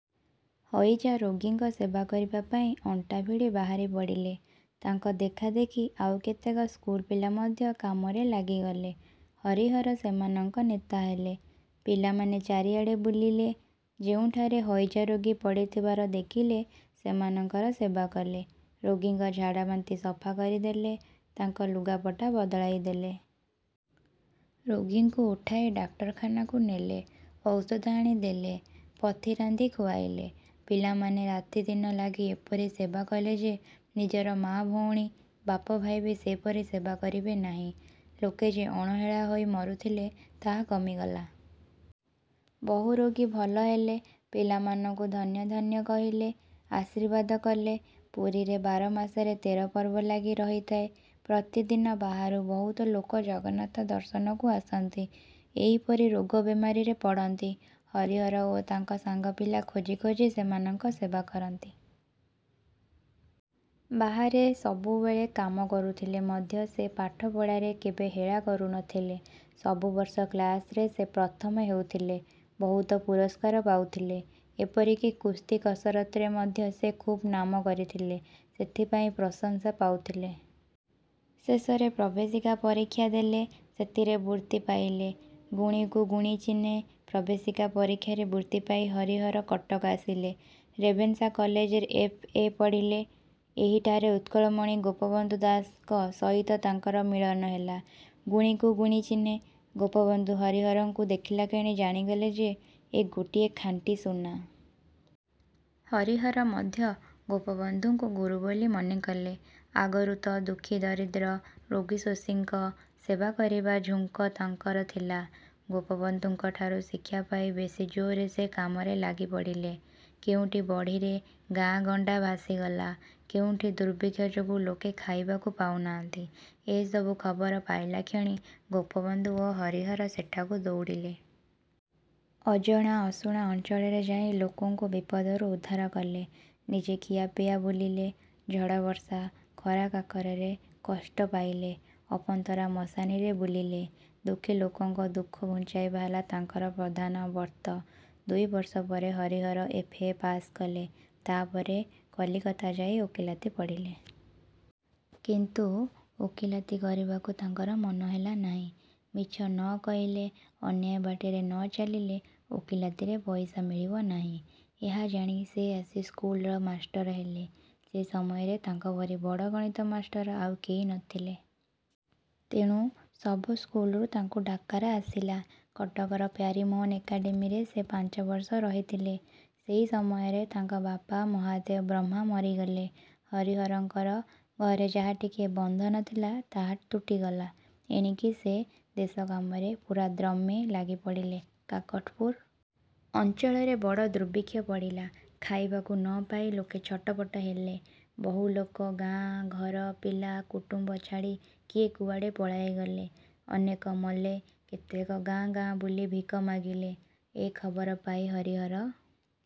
ହଇଜା ରୋଗୀଙ୍କ ସେବା କରିବା ପାଇଁ ଅଣ୍ଟାଭିଡି ବାହାରି ପଡ଼ିଲେ। ତାଙ୍କ ଦେଖାଦେଖି ଆଉ କେତେକ ସ୍କୁଲପିଲା ମଧ୍ୟ କାମରେ ଲାଗିଗଲେ। ହରିହର ସେମାନଙ୍କ ନେତା ହେଲେ। ପିଲାମାନେ ଚାରିଆଡ଼େ ବୁଲିଲେ। ଯେଉଁଠାରେ ହଇଜାରୋଗୀ ପଡ଼ିଥିବାର ଦେଖିଲେ, ସେମାନଙ୍କର ସେବା କଲେ। ରୋଗୀଙ୍କ ଝାଡ଼ାବାନ୍ତି ସଫା କରିଦେଲେ, ତାଙ୍କ ଲୁଗାପଟା ବଦଳାଇଦେଲେ। ରୋଗୀଙ୍କୁ ଉଠାଇ ଡାକ୍ତରଖାନାକୁ ନେଲେ। ଔଷଧ ଆଣି ଦେଲେ, ପଥି ରାନ୍ଧି ଖୁଆଇଲେ। ପିଲାମାନେ ରାତିଦିନ ଲାଗି ଏପରି ସେବା କଲେ ଯେ, ନିଜର ମା ଭଉଣୀ, ବାପ ଭାଇ ବି ସେପରି ସେବା କରିବେ ନାହିଁ। ଲୋକେ ଯେ ଅଣହେଳା ହୋଇ ମରୁଥିଲେ, ତାହା କମିଗଲା। ବହୁ ରୋଗୀ ଭଲ ହେଲେ। ପିଲାମାନଙ୍କୁ ଧନ୍ୟ ଧନ୍ୟ କହିଲେ, ଆଶୀର୍ବାଦ କଲେ। ପୁରୀରେ ବାର ମାସରେ ତେର ପର୍ବ ଲାଗି ରହିଥାଏ। ପ୍ରତିଦିନ ବାହାରୁ ବହୁତ ଲୋକ ଜଗନ୍ନାଥ ଦର୍ଶନକୁ ଆସନ୍ତି, ଏହିପରି ରୋଗ ବେମାରିରେ ପଡ଼ନ୍ତି। ହରିହର ଓ ତାଙ୍କ ସାଙ୍ଗ ପିଲା ଖୋଜି ଖୋଜି ସେମାନଙ୍କ ସେବା କରନ୍ତି। ବାହାରେ ସବୁବେଳେ କାମ କରୁଥିଲେ ମଧ୍ୟ ସେ ପାଠ ପଢ଼ାରେ କେବେ ହେଳା କରୁ ନ ଥିଲେ। ସବୁ ବର୍ଷ କ୍ଲାସରେ ସେ ପ୍ରଥମ ହେଉଥିଲେ। ବହୁତ ପୁରସ୍କାର ପାଉଥିଲେ। ଏପରି କି କୁସ୍ତି କସରତରେ ମଧ୍ୟ ସେ ଖୁବ୍ ନାମ କରିଥିଲେ, ସେଥିପାଇଁ ପ୍ରଶଂସା ପାଉଥିଲେ। ଶେଷରେ ପ୍ରବେଶିକା ପରୀକ୍ଷା ଦେଲେ; ସେଥିରେ ବୃତ୍ତି ପାଇଲେ। ଗୁଣୀକୁ ଗୁଣୀ ଚିହ୍ନେ—ପ୍ରବେଶିକା ପରୀକ୍ଷାରେ ବୃତ୍ତି ପାଇ ହରିହର କଟକ ଆସିଲେ। ରେଭେନ୍ସା କଲେଜରେ ଏଫ. ଏ. ପଢ଼ିଲେ। ଏହିଠାରେ ଉତ୍କଳମଣି ଗୋପବନ୍ଧୁ ଦାସଙ୍କ ସହିତ ତାଙ୍କର ମିଳନ ହେଲା। ଗୁଣୀକୁ ଗୁଣୀ ଚିହ୍ନେ। ଗୋପବନ୍ଧୁ ହରିହରଙ୍କୁ ଦେଖିଲାକ୍ଷଣି ଜାଣିଗଲେ ଯେ, ଏ ଗୋଟିଏ ଖାଣ୍ଟି ସୁନା। ହରିହର ମଧ୍ୟ ଗୋପବନ୍ଧୁଙ୍କୁ ଗୁରୁ ବୋଲି ମନେ କଲେ। ଆଗରୁ ତ ଦୁଃଖୀ ଦରିଦ୍ର, ରୋଗୀଶୋଷୀଙ୍କ ସେବା କରିବା ଝୁଙ୍କ ତାଙ୍କର ଥିଲା। ଗୋପବନ୍ଧୁଙ୍କ ଠାରୁ ଶିକ୍ଷା ପାଇ ବେଶୀ ଜୋରରେ ସେ କାମରେ ଲାଗି ପଡ଼ିଲେ। କେଉଁଠି ବଢ଼ିରେ ଗାଁ ଗଣ୍ଡା ଭାସିଗଲା, କେଉଁଠି ଦୁର୍ଭିକ୍ଷ ଯୋଗୁଁ ଲୋକେ ଖାଇବାକୁ ପାଉନାହାନ୍ତି, ଏ ସବୁ ଖବର ପାଇଲାକ୍ଷଣି ଗୋପବନ୍ଧୁ ଓ ହରିହର ସେଠାକୁ ଦଉଡ଼ିଲେ। ଅଜଣା ଅଶୁଣା ଅଞ୍ଚଳରେ ଯାଇ ଲୋକଙ୍କୁ ବିପଦରୁ ଉଦ୍ଧାର କଲେ। ନିଜେ ଖିଆପିଆ ଭୁଲିଲେ, ଝଡ଼ବର୍ଷା, ଖରାକାକରରେ କଷ୍ଟ ପାଇଲେ, ଅପନ୍ତରା ମଶାଣିରେ ବୁଲିଲେ। ଦୁଃଖୀଲୋକଙ୍କ ଦୁଃଖ ଘୁଞ୍ଚାଇବା ହେଲା ତାଙ୍କର ପ୍ରଧାନ ବ୍ରତ। ଦୁଇ ବର୍ଷ ପରେ ହରିହର ଏଫ. ଏ. ପାସ୍ କଲେ। ତା’ ପରେ କଲିକତା ଯାଇ ଓକିଲାତି ପଢ଼ିଲେ। କିନ୍ତୁ ଓକିଲାତି କରିବାକୁ ତାଙ୍କର ମନ ହେଲା ନାହିଁ। ମିଛ ନ କହିଲେ, ଅନ୍ୟାୟ ବାଟରେ ନ ଚାଲିଲେ ଓକିଲାତିରେ ପଇସା ମିଳିବ ନାହିଁ। ଏହା ଜାଣି ସେ ଆସି ସ୍କୁଲର ମାଷ୍ଟର ହେଲେ। ସେ ସମୟରେ ତାଙ୍କ ପରି ବଡ଼ ଗଣିତ ମାଷ୍ଟର ଆଉ କେହି ନ ଥିଲେ। ତେଣୁ ସବୁ ସ୍କୁଲରୁ ତାଙ୍କୁ ଡାକରା ଆସିଲା। କଟକର ପ୍ୟାରୀମୋହନ ଏକାଡେମୀରେ ସେ ପାଞ୍ଚ ବର୍ଷ ରହିଥିଲେ। ସେହି ସମୟରେ ତାଙ୍କ ବାପା ମହାଦେବ ବ୍ରହ୍ମା ମରିଗଲେ। ହରିହରଙ୍କର ଘରେ ଯାହା ଟିକିଏ ବନ୍ଧନ ଥିଲା, ତାହା ତୁଟିଗଲା। ଏଣିକି ସେ ଦେଶକାମରେ ପୁରାଦମ୍ରେ ଲାଗିପଡ଼ିଲେ। କାକଟପୁର ଅଞ୍ଚଳରେ ବଡ଼ ଦୁର୍ଭିକ୍ଷ ପଡ଼ିଲା। ଖାଇବାକୁ ନ ପାଇ ଲୋକେ ଛଟପଟ ହେଲେ। ବହୁ ଲୋକ ଗାଁ, ଘର, ପିଲା କୁଟୁମ୍ବ ଛାଡ଼ି କିଏ କୁଆଡ଼େ ପଳାଇଗଲେ। ଅନେକ ମଲେ, କେତେକ ଗାଁ ଗାଁ ବୁଲି ଭିକ ମାଗିଲେ। ଏ ଖବର ପାଇ ହରିହର...